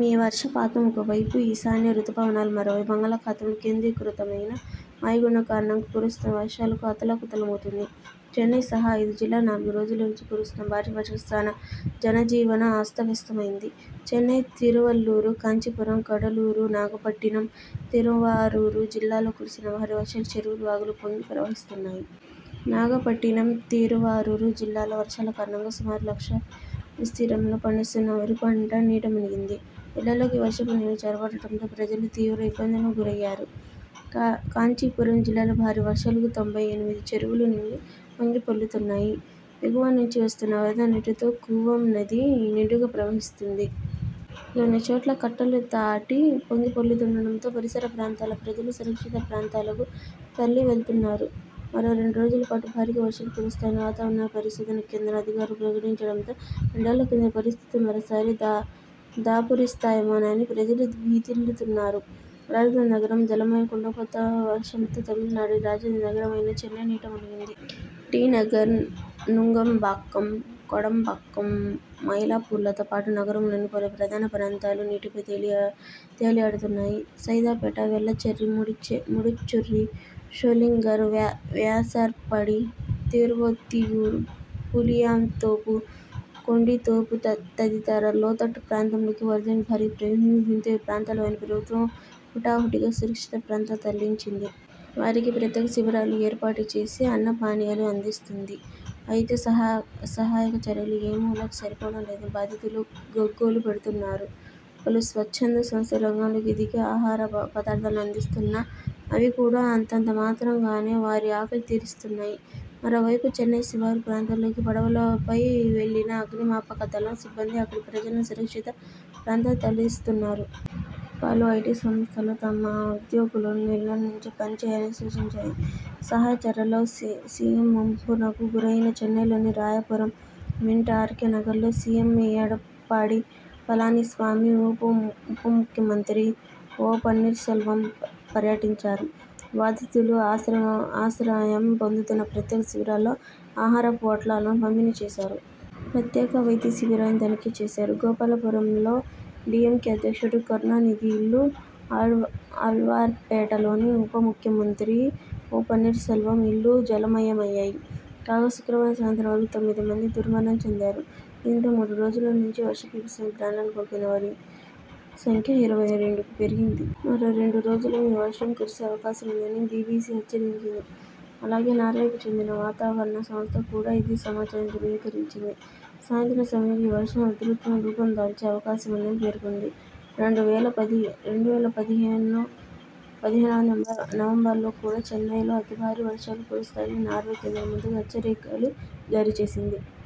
మీ వర్షపాతం ఒక వైపు ఈశాన్య రుతుపవనాలు మరోవైపు బంగాళాఖాతంలో కేంద్రీకృతమైన వాయుగుండం కారణంగా కురుస్తున్న వర్షాలకు అతలాకుతలమవుతోంది. చెన్నై సహా ఐదు జిల్లాల్లో నాలుగు రోజుల నుంచి కురుస్తున్న భారీ వర్షాలకు జనజీవనం అస్తవ్యస్తమైంది. చెన్నై, తిరువళ్లూరు, కాంచీపురం, కడలూరు, నాగపట్టినం, తిరువారూరు జిల్లాల్లో కురిసిన భారీ వర్షాలకు చెరువులు, వాగులు పొంగి ప్రవహిస్తున్నాయి. నాగపట్టినం, తిరువారూరు జిల్లాల్లో వర్షాల కారణంగా సుమారు లక్ష విస్తీర్ణంలో పండిస్తున్న వరి పంట నీటమునిగింది. ఇళ్లలోకి వర్షపు నీరు చొరబడటంతో ప్రజలు తీవ్ర ఇబ్బందులకు గురయ్యారు. కాంచీపురం జిల్లాల్లో భారీ వర్షాలకు తొంభై ఎనిమిది చెరువులు నిండి పొంగిపొర్లుతున్నాయి. ఎగువ నుంచి వస్తున్న వరద నీటితో కూవం నది నిండుగా ప్రవహిస్తోంది. కొన్నిచోట్ల కట్టలు దాటి పొంగిపొర్లుతుండటంతో పరిసర ప్రాంతాల ప్రజలు సురక్షిత ప్రాంతాలకు తరలివెళ్తున్నారు. మరో రెండు రోజులపాటు భారీగా వర్షాలు కురుస్తాయని వాతావరణ పరిశోధన కేంద్రం అధికారులు ప్రకటించడంతో రెండేళ్ల కిందటి పరిస్థితులు మరోసారి దాపురిస్తాయేమోనని ప్రజలు భీతిల్లుతున్నారు. రాజధాని నగరం జలమయం కుండపోత వర్షంతో తమిళనాడు రాజధాని నగరమైన చెన్నై నీట మునిగింది. టి. నగర్, నుంగంబాక్కం, కోడంబాక్కం, మైలాపూర్లతో పాటు నగరంలోని పలు ప్రధాన ప్రాంతాలు నీటిపై తేలియాడుతున్నాయి. సైదాపేట, వేళచ్చేరి, ముడిచ్చూరి, షోళింగర్, వ్యాసర్పాడి, తిరువొత్తియూరు, పులియాంతోపు, కొండితోపు తదితర లోతట్టు ప్రాంతాల్లోకి వరదనీరు భారీగా ప్రవేశించింది. ఈ ప్రాంతాలవారిని ప్రభుత్వం హుటాహుటిన సురక్షిత ప్రాంతాలకు తరలించింది. వారికి ప్రత్యేక శిబిరాలు ఏర్పాటు చేసి అన్నపానీయాలను అందిస్తోంది. అయితే సహాయక చర్యలు ఏ మూలకూ సరిపోవడం లేదు. బాధితులు గోగ్గోలు పెడుతున్నారు. పలు స్వచ్ఛంద సంస్థలు రంగంలోకి దిగి ఆహార పదార్థాలు అందిస్తున్నా అవి కూడా అంతంతమాత్రంగానే వారి ఆకలి తీరుస్తున్నాయి. మరోవైపు చెన్నై శివారు ప్రాంతాల్లోకి పడవలపై వెళ్లిన అగ్నిమాపకదళం సిబ్బంది అక్కడి ప్రజలను సురక్షిత ప్రాంతాలకు తరలిస్తున్నారు. పలు ఐటీ సంస్థలు తమ ఉద్యోగులను ఇళ్లనుంచే పనిచేయాలని సూచించాయి. సహాయ చర్యల్లో సీఎంముంపునకు గురయిన చెన్నైలోని రాయపురం, మింట్, ఆర్కేనగర్లో సీఎం ఎడప్పాడి పళనిస్వామి, ఉప ముఖ్యమంత్రి ఒ. పన్నీర్ సెల్వం పర్యటించారు. బాధితులు ఆశ్రయం పొందుతున్న ప్రత్యేక శిబిరాల్లో ఆహారపు పొట్లాలను పంపిణీ చేశారు. ప్రత్యేక వైద్యశిబిరాలను తనిఖీచేశారు. గోపాలపురం లో డీఎంకే అధ్యక్షుడు కరుణానిధి ఇల్లు, ఆళ్వార్పేటలోని ఉప ముఖ్యమంత్రి ఒ. పన్నీర్సెల్వం ఇల్లు జలమయమయ్యాయి. కాగా, శుక్రవారం సాయంత్రం వరకూ తొమ్మిదిమంది దుర్మరణం చెందారు. దీంతో మూడు రోజుల నుంచి వర్షబీభత్సానికి ప్రాణాలు కోల్పోయినవారి సంఖ్య ఇరవై రెండుకి పెరిగింది. మరో రెండు రోజులూ మీ వర్షం కురిసే అవకాశముందని బీబీసీ హెచ్చరించింది. అలాగే, నార్వేకు చెందిన వాతావరణ సంస్థ కూడా ఇదే సమాచారాన్ని ధ్రువీకరించింది. సాయంత్రం సమయాల్లో ఈ వర్షం ఉధృతం రూపం దాల్చే అవకాశముందని పేర్కొంది. రెండువేల పది రెండు వేల పదిహేనువ నవంబరులో కూడా చెన్నైలో అతిభారీ వర్షాలు కురుస్తాయని నార్వే కేంద్రం ముందుగా హెచ్చరికలు జారీచేసింది.